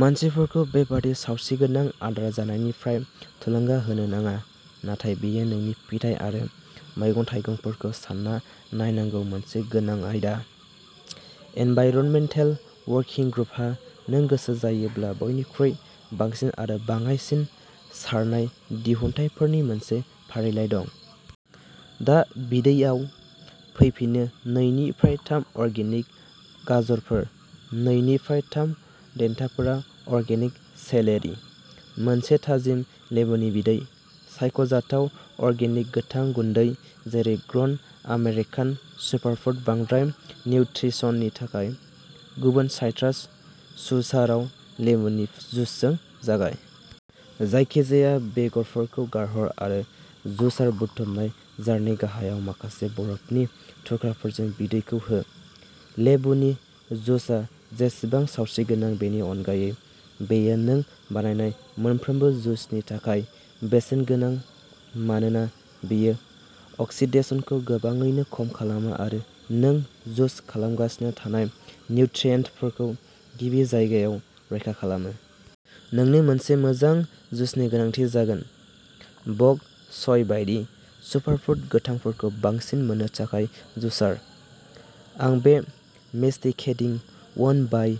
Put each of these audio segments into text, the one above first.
मानसिफोरखौ बेबादि सावस्रिगोनां आदार जानायनिफ्राय थुलुंगा होनो नाङा, नाथाय बेयो नोंनि फिथाइ आरो मैगं-थाइगंफोरखौ सानना नायनांगौ मोनसे गोनां आयदा। एनभाइरनमेन्टेल अवर्किं ग्रुपहा नों गोसो जायोब्ला बयनिख्रुइ बांसिन आरो बाङाइसिन सारनाय दिहुनथायफोरनि मोनसे फारिलाइ दं। दा बिदैयाव फैफिनो नै निफ्राय थाम अर्गेनिक गाजरफोर। नै निफ्राय थाम देन्थाफोरा अर्गेनिक सेलेरि। मोनसे थाजिम लेबुनि बिदै। सायख'जाथाव अर्गेनिक गोथां गुन्दै जेरै ग्र'न आमेरिकान सुपारफुड बांद्राय निउट्रिसननि थाखाय। गुबुन साइट्रास जुसाराव लेबुनि जुसजों जागाय। जायखिजाया बेगरफोरखौ गारहर आरो जुसार बुथुमनाय जारनि गाहायाव माखासे बरफनि थुख्राफोरजों बिदैखौ हो। लेबुनि जुसआ बेसेबां सावस्रिगोनां बेनि अनगायै, बेयो नों बानायनाय मोनफ्रोमबो जुसनि थाखाय बेसेनगोनां मानोना बेयो अक्सिडेसनखौ गोबाङैनो खम खालामो आरो नों जुस खालामगासिनो थानाय निउट्रियेन्टफोरखौ गिबि जायगायाव रैखा खालामो। नोंनो मोनसे मोजां जुसनि गोनांथि जागोन। बक च'य बायदि सुपारफुड गोथांफोरखौ बांसिन मोननो थाखाय जुसार। आं बे मेस्टिकेटिं अवन बाइ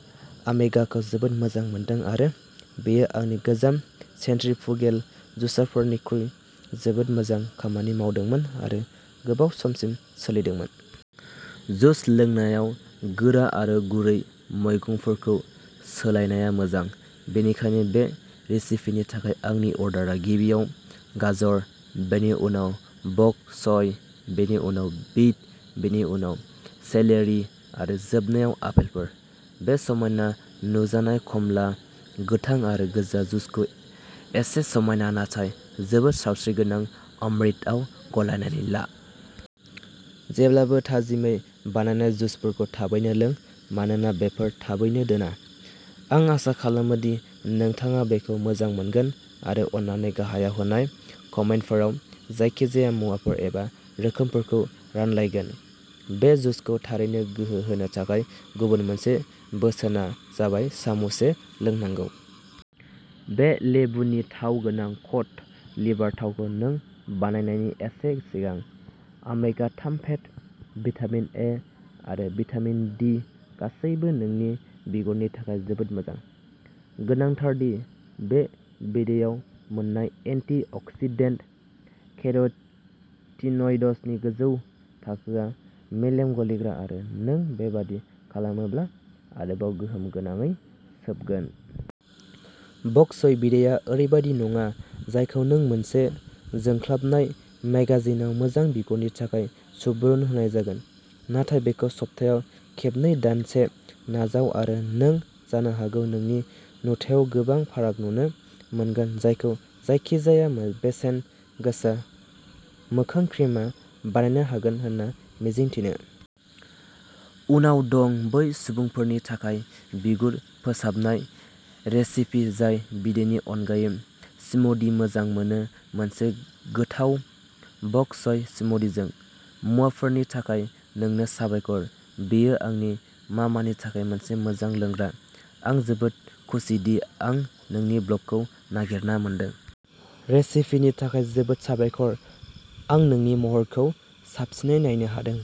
अमेगाखौ जोबोद मोजां मोनदों आरो बेयो आंनि गोजाम सेन्ट्रिफुगेल जुसारफोरनिख्रुइ जोबोद मोजां खामानि मावदोंमोन आरो गोबाव समसिम सोलिदोंमोन। जुस लोंनायाव गोरा आरो गुरै मैगंफोरखौ सोलायनाया मोजां, बेनिखायनो बे रेसिपिनि थाखाय आंनि अर्डारआ गिबियाव गाजर, बेनि उनाव बक च'य, बेनि उनाव बिट, बेनि उनाव सेलेरि आरो जोबनायाव आपेलफोर। बे समायना नुजानाय खमला, गोथां आरो गोजा जुसखौ एसे समायना नाथाय जोबोद सावस्रिगोनां अमृतआव गलायनानै ला। जेब्लाबो थाजिमै बानायनाय जुसफोरखौ थाबैनो लों, मानोना बेफोर थारैनो दोना। आं आसा खालामो दि नोंथाङा बेखौ मोजां मोनगोन आरो अननानै गाहायाव होनाय कमेन्टफोराव जायखिजाया मुवाफोर एबा रोखोमफोरखौ रानलायगोन। बे जुसखौ थारैनो गोहो होनो थाखाय गुबुन मोनसे बोसोना जाबाय सामुससे लोंनांगौ। बे लेबुनि थाव गोनां कड लिभार थावखौ नों बानायनायनि एसे सिगां। अमेगा-थाम फेट, भिटामिन ए आरो भिटामिन डि गासैबो नोंनि बिगुरनि थाखाय जोबोद मोजां। गोनांथार दि, बे बिदैआव मोननाय एन्टि अक्सिडेन्ट केर'टिनइड्सनि गोजौ थाखोआ मेजेम गलिग्रा आरो नों बेबादि खालामोब्ला आरोबाव गोहोम गोनाङै सोबगोन। बक च'य बिदैया ओरैबायदि नङा जायखौ नों मोनसे जोंख्लाबनाय मेगाजिनआव मोजां बिगुरनि थाखाय सुबुरुन होनाय जागोन। नाथाय बेखौ सप्तायाव खेबनै दानसे नाजाव आरो नों जानो हागौ नोंनि नुथायाव गोबां फाराग नुनो मोनगोन जायखौ जायखिजाया बेसेन गोसा मोखां क्रिमआ बानायनो हागोन होनना मिजिं थिनो। उनाव दं बै सुबुंफोरनि थाखाय बिगुर फोसाबनाय रेसिपि जाय बिदैनि अनगायै स्मुदि मोजां मोनो मोनसे गोथाव बक च'य स्मुदिजों। मुवाफोरनि थाखाय नोंनो साबायखर, बेयो आंनि मामानि थाखाय मोनसे मोजां लोंग्रा। आं जोबोद खुसिदि आं नोंनि ब्लगखौ नागिरना मोनदों। रेसिपिनि थाखाय जोबोद साबायखर। आं नोंनि महरखौ साबसिनै नायनो हादों